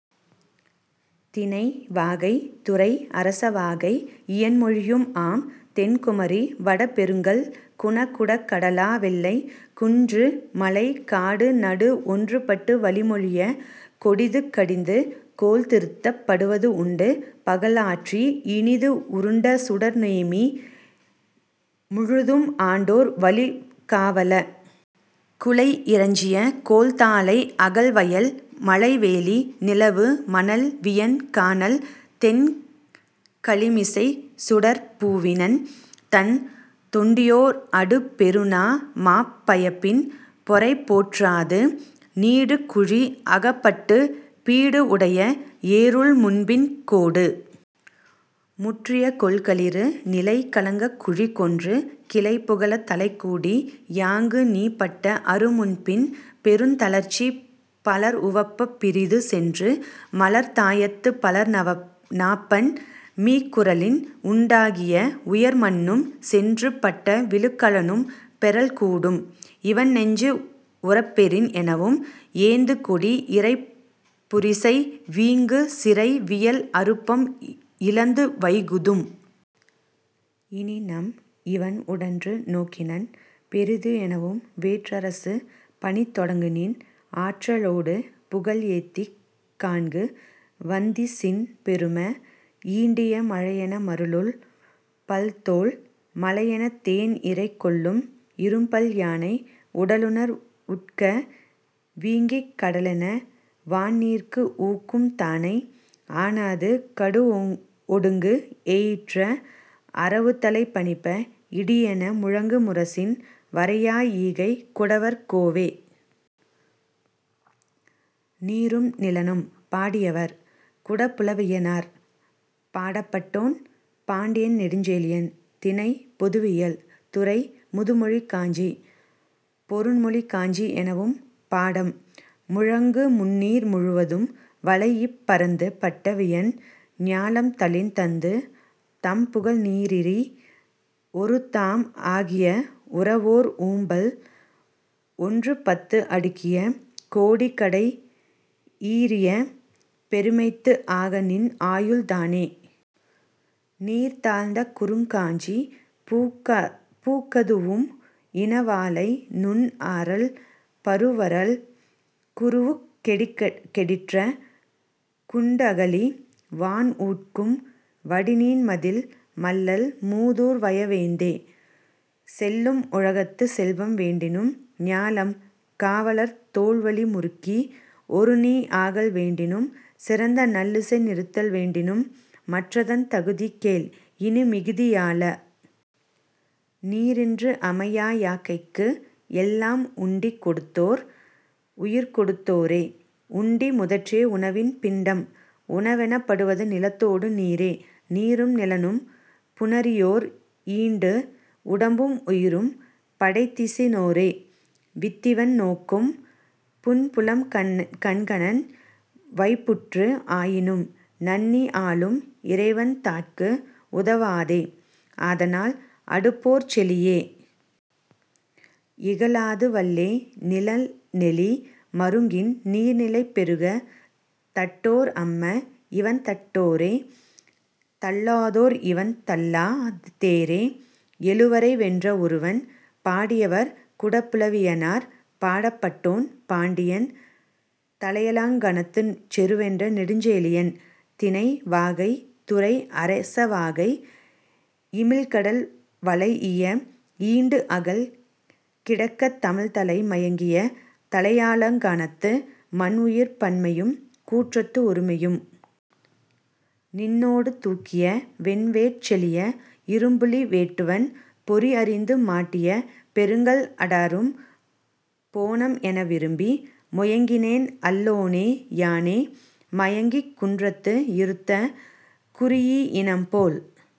திணை; வாகை. துறை: அரசவாகை; இயன்மொழியும் ஆம். தென் குமரி, வட பெருங்கல், குண குட கடலா வெல்லை,। குன்று, மலை, காடு, நடு ஒன்று பட்டு வழி மொழியக், கொடிது கடிந்து, கோல் திருத்திப், படுவது உண்டு, பகல் ஆற்றி, இனிது உருண்ட சுடர் நேமி முழுது ஆண்டோர் வழி காவல! குலை இறைஞ்சிய கோள் தாழை அகல் வயல், மலை வேலி, நிலவு மணல் வியன் கானல், தெண் கழிமிசைச் சுடர்ப் பூவிணன், தண் துண்டியோர் அடு பொருந! மாப் பயம்பின் பொறை போற்றாது, நீடு குழி அகப் பட்ட பீடு உடைய எறுழ் முன்பின் கோடு முற்றிய கொல் களிறு, நிலை கலங்கக் குழி கொன்று, கிளை புகலத் தலைக்கூடி யாங்கு நீ பட்ட அரு முன்பின், பெருந் தளர்ச்சி, பலர் உவப்பப், பிறிது சென்று, மலர் தாயத்துப் பலர் நாப்பண் மீக் கூறலின், 'உண் டாகிய உயர் மண்ணும், சென்று பட்ட விழுக் கலனும், பெறல் கூடும், இவன்நெஞ்சு உறப்பெறின்'எனவும், 'ஏந்து கொடி இறைப் புரிசை, வீங்கு சிறை, வியல் அருப்பம், இழந்து வைகுதும். இனிநாம்; இவன் உடன்று நோக்கினன், பெரிது' எனவும், வேற்று அரசு பணி தொடங்குநின் ஆற்ற லொடு புகழ் ஏத்திக், காண்கு வந்திசின், பெரும! ஈண்டிய மழையென மருளும் பல் தோல், மலையெனத் தேன்இறை கொள்ளும் இரும்பல் யானை, உடலுநர் உட்க வீங்கிக், கடலென வான்நீர்க்கு ஊக்கும் தானை, ஆனாது கடுஒடுங்கு எயிற்ற அரவுத்தலை பனிப்ப, இடியென முழங்கு முரசின், வரையா ஈகைக் குடவர் கோவே!. நீரும் நிலனும்! பாடியவர்; குடபுலவியனார். பாடப்பட்டோன்: பாண்டியன் நெடுஞ்செழியன். திணை: பொதுவியல். துறை: முதுமொழிக் காஞ்சி: பொருண்மொழிக் காஞ்சி எனவும் பாடம். முழங்கு முந்நீர் முழுவதும் வளைஇப் பரந்து பட்ட வியன் ஞாலம் தாளின் தந்து, தம்புகழ் நிறீஇ: ஒருதாம் ஆகிய உரவோர் உம்பல்! ஒன்றுபத்து அடுக்கிய கோடிகடை இரீஇய பெருமைத்து ஆக நின் ஆயுள் தானே! நீர்த் தாழ்ந்த குறுங் காஞ்சிப் பூக் கதூஉம் இன வாளை, நுண் ஆரல், பரு வரால், குரூஉக் கெடிற்ற, குண்டு அகழி; வான் உட்கும் வடிநீண் மதில்; மல்லல் மூதூர் வய வேந்தே! செல்லும் உலகத்துச் செல்வம் வேண்டினும், ஞாலம் காவலர் தோள்வலி முருக்கி, ஒருநீ ஆகல் வேண்டினும், சிறந்த நல்இசை நிறுத்தல் வேண்டினும், மற்றதன் தகுதி கேள், இனி, மிகுதியாள! நீர்இன்று அமையா யாக்கைக்கு எல்லாம் உண்டி கொடுத்தோர் உயிர்கொடுத் தோரே; உண்டி முதற்றே உணவின் பிண்டம்; உணவெனப் படுவது நிலத்தோடு நீரே; நீரும் நிலனும் புணரியோர் ஈண்டு உடம்பும் உயிரும் படைத்திசி னோரே; வித்திவான் நோக்கும் புன்புலம் கண்ணகன் வைப்புற்று ஆயினும், நண்ணி ஆளும் இறைவன் தாட்குஉத வாதே; அதனால், அடுபோர்ச் செழிய! இகழாது வல்லே நிலன்நெளி மருங்கின் நீர்நிலை பெருகத் தட்டோர் அம்ம, இவண்தட் டோரே; தள்ளா தோர்இவண் தள்ளா தேரே.. எழுவரை வென்ற ஒருவன்! பாடியவர்: குடபுலவியனார். பாடப்பட்டோன்: பாண்டியன் தலையாலங்கானத்துச் செருவென்ற நெடுஞ்செழியன். திணை: வாகை. துறை: அரசவாகை. இமிழ்கடல் வளைஇய ஈண்டுஅகல் கிடக்கைத் தமிழ்தலை மயங்கிய தலையாலங் கானத்து, மன்உயிர்ப் பன்மையும், கூற்றத்து ஒருமையும். நின்னொடு தூக்கிய வென்வேற் செழிய! 'இரும்புலி வேட்டுவன் பொறிஅறிந்து மாட்டிய பெருங்கல் அடாரும் போன்ம் என விரும்பி, முயங்கினேன் அல்லனோ யானே! மயங்கிக் குன்றத்து இறுத்த குரீஇஇனம் போல,